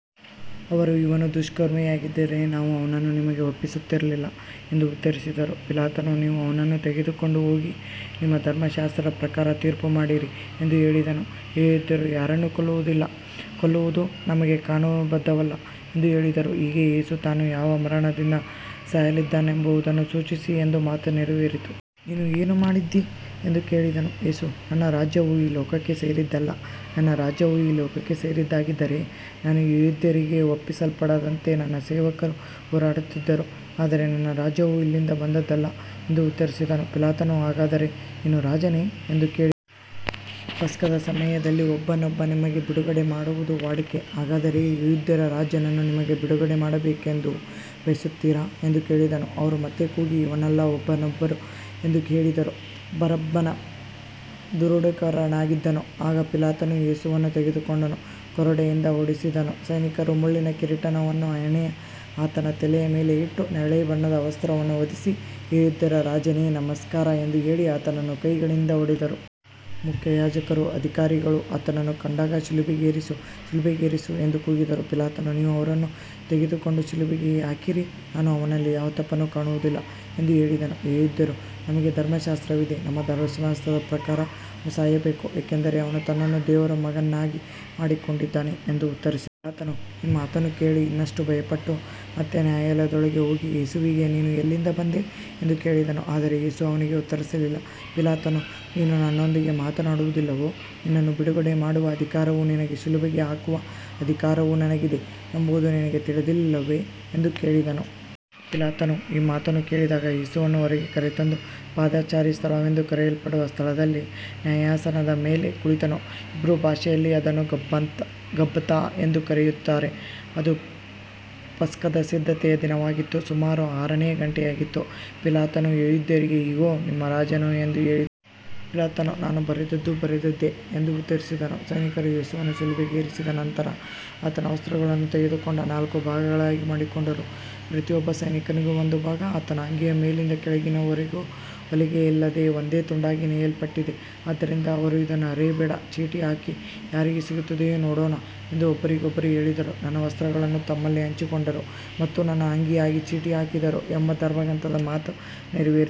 ಅವರು, ಇವನು ದುಷ್ಕರ್ಮಿಯಾಗಿರದಿದ್ದರೆ ನಾವು ಅವನನ್ನು ನಿಮಗೆ ಒಪ್ಪಿಸುತ್ತಿರಲಿಲ್ಲ ಎಂದು ಉತ್ತರಿಸಿದರು. ಪಿಲಾತನು, ನೀವು ಅವನನ್ನು ತೆಗೆದುಕೊಂಡು ಹೋಗಿ ನಿಮ್ಮ ಧರ್ಮಶಾಸ್ತ್ರದ ಪ್ರಕಾರ ತೀರ್ಪುಮಾಡಿರಿ ಎಂದು ಹೇಳಿದನು. ಯೆಹೂದ್ಯರು, ಯಾರನ್ನೂ ಕೊಲ್ಲುವುದು ನಮಗೆ ಕಾನೂನುಬದ್ಧವಲ್ಲ ಎಂದು ಹೇಳಿದರು. ಹೀಗೆ ಯೇಸು ತಾನು ಯಾವ ಮರಣದಿಂದ ಸಾಯಲಿದ್ದಾನೆಂಬುದನ್ನು ಸೂಚಿಸಿ ಹೇಳಿದ ಮಾತು ನೆರವೇರಿತು. ನೀನು ಏನು ಮಾಡಿದ್ದೀ ಎಂದು ಕೇಳಿದನು. ಯೇಸು, ನನ್ನ ರಾಜ್ಯವು ಈ ಲೋಕಕ್ಕೆ ಸೇರಿದ್ದಲ್ಲ. ನನ್ನ ರಾಜ್ಯವು ಈ ಲೋಕಕ್ಕೆ ಸೇರಿದ್ದಾಗಿದ್ದರೆ, ನಾನು ಯೆಹೂದ್ಯರಿಗೆ ಒಪ್ಪಿಸಲ್ಪಡದಂತೆ ನನ್ನ ಸೇವಕರು ಹೋರಾಡುತ್ತಿದ್ದರು. ಆದರೆ ನನ್ನ ರಾಜ್ಯವು ಇಲ್ಲಿಂದ ಬಂದದ್ದಲ್ಲ ಎಂದು ಉತ್ತರಿಸಿದನು. ಪಿಲಾತನು, ಹಾಗಾದರೆ ನೀನು ರಾಜನೇ ಎಂದು ಕೇಳಿದನು. ಪಸ್ಕದ ಸಮಯದಲ್ಲಿ ಒಬ್ಬನನ್ನು ನಿಮಗೆ ಬಿಡುಗಡೆಮಾಡುವುದು ವಾಡಿಕೆ. ಹಾಗಾದರೆ ಯೆಹೂದ್ಯರ ರಾಜನನ್ನು ನಿಮಗೆ ಬಿಡುಗಡೆಮಾಡಬೇಕೆಂದು ಬಯಸುತ್ತೀರಾ ಎಂದು ಕೇಳಿದನು. ಅವರು ಮತ್ತೆ ಕೂಗಿ, ಇವನನ್ನಲ್ಲ, ಬರಬ್ಬನನ್ನು ಎಂದು ಹೇಳಿದರು. ಬರಬ್ಬನು ದರೋಡೆಕೋರನಾಗಿದ್ದನು. ಆಗ ಪಿಲಾತನು ಯೇಸುವನ್ನು ತೆಗೆದುಕೊಂಡು ಕೊರಡೆಯಿಂದ ಹೊಡೆಸಿದನು. ಸೈನಿಕರು ಮುಳ್ಳಿನ ಕಿರೀಟವನ್ನು ಹೆಣೆದು ಆತನ ತಲೆಯ ಮೇಲೆ ಇಟ್ಟು, ನೇರಳೆ ಬಣ್ಣದ ವಸ್ತ್ರವನ್ನು ಹೊದಿಸಿ, ಯೆಹೂದ್ಯರ ರಾಜನೇ, ನಮಸ್ಕಾರ ಎಂದು ಹೇಳಿ ಆತನನ್ನು ಕೈಗಳಿಂದ ಹೊಡೆದರು. ಮುಖ್ಯಯಾಜಕರೂ ಅಧಿಕಾರಿಗಳೂ ಆತನನ್ನು ಕಂಡಾಗ, ಶಿಲುಬೆಗೇರಿಸು, ಶಿಲುಬೆಗೇರಿಸು ಎಂದು ಕೂಗಿದರು. ಪಿಲಾತನು, ನೀವು ಅವನನ್ನು ತೆಗೆದುಕೊಂಡು ಶಿಲುಬೆಗೆ ಹಾಕಿರಿ, ನಾನು ಅವನಲ್ಲಿ ಯಾವ ತಪ್ಪನ್ನೂ ಕಾಣುವುದಿಲ್ಲ ಎಂದು ಹೇಳಿದನು. ಯೆಹೂದ್ಯರು, ನಮಗೆ ಧರ್ಮಶಾಸ್ತ್ರವಿದೆ, ನಮ್ಮ ಧರ್ಮಶಾಸ್ತ್ರದ ಪ್ರಕಾರ ಅವನು ಸಾಯಬೇಕು, ಏಕೆಂದರೆ ಅವನು ತನ್ನನ್ನು ದೇವರ ಮಗನನ್ನಾಗಿ ಮಾಡಿಕೊಂಡಿದ್ದಾನೆ ಎಂದು ಉತ್ತರಿಸಿದರು. ಪಿಲಾತನು ಈ ಮಾತನ್ನು ಕೇಳಿ ಇನ್ನಷ್ಟು ಭಯಪಟ್ಟು ಮತ್ತೆ ನ್ಯಾಯಾಲಯದೊಳಗೆ ಹೋಗಿ ಯೇಸುವಿಗೆ, ನೀನು ಎಲ್ಲಿಂದ ಬಂದೆ ಎಂದು ಕೇಳಿದನು. ಆದರೆ ಯೇಸು ಅವನಿಗೆ ಉತ್ತರಿಸಲಿಲ್ಲ. ಪಿಲಾತನು, ನೀನು ನನ್ನೊಂದಿಗೆ ಮಾತನಾಡುವುದಿಲ್ಲವೇ? ನಿನ್ನನ್ನು ಬಿಡುಗಡೆಮಾಡುವ ಅಧಿಕಾರವೂ ನಿನಗೆ ಶಿಲುಬೆಗೆ ಹಾಕುವ ಅಧಿಕಾರವೂ ನನಗಿದೆ ಎಂಬುದು ನಿನಗೆ ತಿಳಿದಿಲ್ಲವೇ ಎಂದು ಕೇಳಿದನು. ಪಿಲಾತನು ಈ ಮಾತು ಕೇಳಿದಾಗ ಯೇಸುವನ್ನು ಹೊರಗೆ ಕರೆತಂದು, ಪಾದಚಾರಿ ಸ್ಥಳವೆಂದು ಕರೆಯಲ್ಪಡುವ ಸ್ಥಳದಲ್ಲಿ ನ್ಯಾಯಾಸನದ ಮೇಲೆ ಕುಳಿತನು. ಹೀಬ್ರೂ ಭಾಷೆಯಲ್ಲಿ ಅದನ್ನು ಗಬ್ಬಥಾ ಎಂದು ಕರೆಯುತ್ತಾರೆ. ಅದು ಪಸ್ಕದ ಸಿದ್ಧತೆಯ ದಿನವಾಗಿತ್ತು, ಸುಮಾರು ಆರನೆಯ ಗಂಟೆಯಾಗಿತ್ತು. ಪಿಲಾತನು ಯೆಹೂದ್ಯರಿಗೆ, ಇಗೋ, ನಿಮ್ಮ ರಾಜನು ಎಂದು ಹೇಳಿದನು. ಪಿಲಾತನು, ನಾನು ಬರೆದದ್ದು ಬರೆದದ್ದೇ ಎಂದು ಉತ್ತರಿಸಿದನು. ಸೈನಿಕರು ಯೇಸುವನ್ನು ಶಿಲುಬೆಗೇರಿಸಿದ ನಂತರ ಆತನ ವಸ್ತ್ರಗಳನ್ನು ತೆಗೆದುಕೊಂಡು ನಾಲ್ಕು ಭಾಗಗಳಾಗಿ ಮಾಡಿಕೊಂಡರು, ಪ್ರತಿಯೊಬ್ಬ ಸೈನಿಕನಿಗೂ ಒಂದು ಭಾಗ. ಆತನ ಅಂಗಿಯು ಮೇಲಿನಿಂದ ಕೆಳಗಿನವರೆಗೂ ಹೊಲಿಗೆಯಿಲ್ಲದೆ ಒಂದೇ ತುಂಡಾಗಿ ನೇಯಲ್ಪಟ್ಟಿತ್ತು. ಆದ್ದರಿಂದ ಅವರು, ಇದನ್ನು ಹರಿಯಬೇಡ, ಚೀಟಿ ಹಾಕಿ ಯಾರಿಗೆ ಸಿಗುತ್ತದೆಯೋ ನೋಡೋಣ ಎಂದು ಒಬ್ಬರಿಗೊಬ್ಬರು ಹೇಳಿದರು. ನನ್ನ ವಸ್ತ್ರಗಳನ್ನು ತಮ್ಮಲ್ಲಿ ಹಂಚಿಕೊಂಡರು ಮತ್ತು ನನ್ನ ಅಂಗಿಗಾಗಿ ಚೀಟಿ ಹಾಕಿದರು ಎಂಬ ಧರ್ಮಗ್ರಂಥದ ಮಾತು ನೆರವೇರಿತು.